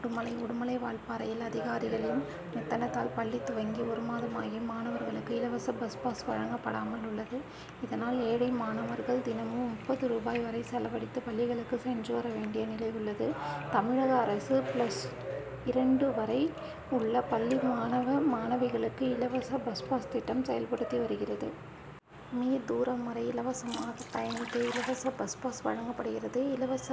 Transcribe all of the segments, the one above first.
உடுமலை உடுமலை, வால்பாறையில் அதிகாரிகளின் மெத்தனத்தால் பள்ளி துவங்கி ஒரு மாதமாகியும் மாணவர்களுக்கு இலவச பஸ் பாஸ் வழங்கப்படாமல் உள்ளது. இதனால், ஏழை மாணவர்கள் தினமும் முப்பது ரூபாய் வரை செலவழித்து பள்ளிகளுக்கு சென்று, வர வேண்டிய நிலை உள்ளது. தமிழக அரசு, பிளஸ் இரண்டு வரை உள்ள பள்ளி மாணவ, மாணவிகளுக்கு இலவச பஸ் பாஸ் திட்டம் செயல்படுத்தி வருகிறது. மீ., தூரம் வரை இலவசமாக பயணிக்க இலவச பஸ் பாஸ் வழங்கப்படுகிறது. இலவச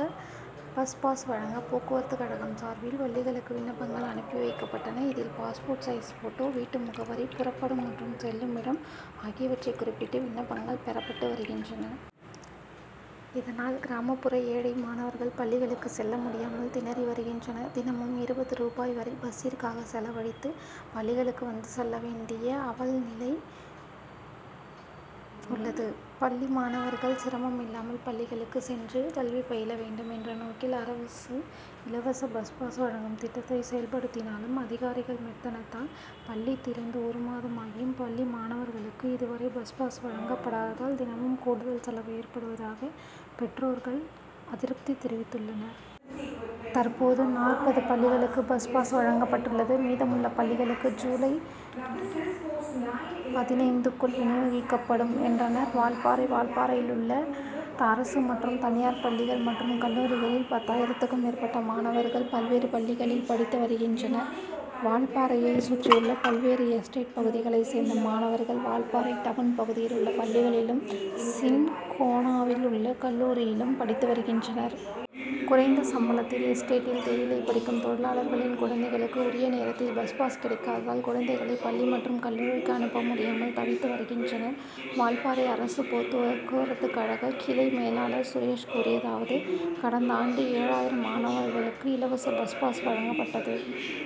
பஸ் பாஸ் வழங்க போக்குவரத்து கழகம் சார்பில் பள்ளிகளுக்கு விண்ணப்பங்கள் அனுப்பிவைக்கப்பட்டன. இதில், பாஸ்போர்ட் சைஸ் போட்டோ, வீட்டு முகவரி, புறப்படும் மற்றும் செல்லுமிடம் ஆகியவற்றை குறிப்பிடப்பட்டு விண்ணப்பங்கள் பெறப்பட்டு வருகின்றன. இதனால், கிராமப்புற ஏழை மாணவர்கள் பள்ளிகளுக்கு செல்ல முடியாமல் திணறி வருகின்றனர். தினமும் இருபது ரூபாய் வரை பஸ்சிற்காக செலவழித்து, பள்ளிகளுக்கு வந்து செல்ல வேண்டிய அவல நிலை உள்ளது. பள்ளி மாணவர்கள் சிரமம் இல்லாமல் பள்ளிகளுக்கு சென்று கல்வி பயில வேண்டும் என்ற நோக்கில் அரசு இலவச பஸ் பாஸ் வழங்கும் திட்டத்தை செயல்படுத்தினாலும், அதிகாரிகள் மெத்தனத்தால், பள்ளி திறந்து ஒரு மாதமாகியும் பள்ளி மாணவர்களுக்கு இதுவரை பஸ் பாஸ் வழங்கப் படாததால், தினமும் கூடுதல் செலவு ஏற்படுவதாக பெற்றோர்கள் அதிருப்தி தெரிவித்துள்ளனர். தற்போது, நாற்பது பள்ளிகளுக்கு பஸ் பாஸ் வழங்கப்பட்டுள்ளது. மீதமுள்ள பள்ளிகளுக்கு ஜூலை பதினைந்துக்குள் வினியோகிக்கப்படும் என்றனர். வால்பாறை வால்பாறையிலுள்ள அரசு மற்றும் தனியார் பள்ளிகள் மற்றும் கல்லூரிகளில் பத்தாயிரத்திற்கும் மேற்பட்ட மாணவர்கள் பல்வேறு பள்ளிகளில் படித்து வருகின்றனர். வால்பாறையை சுற்றியுள்ள பல்வேறு எஸ்டேட் பகுதிகளை சேர்ந்த மாணவர்கள் வால்பாறை டவுன் பகுதியில் உள்ள பள்ளிகளிலும், சின்கோனாவில் உள்ள கல்லூரியிலும் படித்துவருகின்றனர். குறைந்த சம்பளத்தில் எஸ்டேட்டில் தேயிலை பறிக்கும் தொழிலாளர்களின் குழந்தைகளுக்கு உரிய நேரத்தில் பஸ் பாஸ் கிடைக்காததால், குழந்தைகளை பள்ளி மற்றும் கல்லூரிக்கு அனுப்ப முடியாமல் தவித்து வருகின்றனர். வால்பாறை அரசு போக்குவரத்துக்கழக கிளை மேலாளர் சுரேஷ் கூறியதாவது கடந்த ஆண்டு ஏழாயிரம் மாணவர்களுக்கு இலவச பஸ் பாஸ் வழங்கப்பட்டது.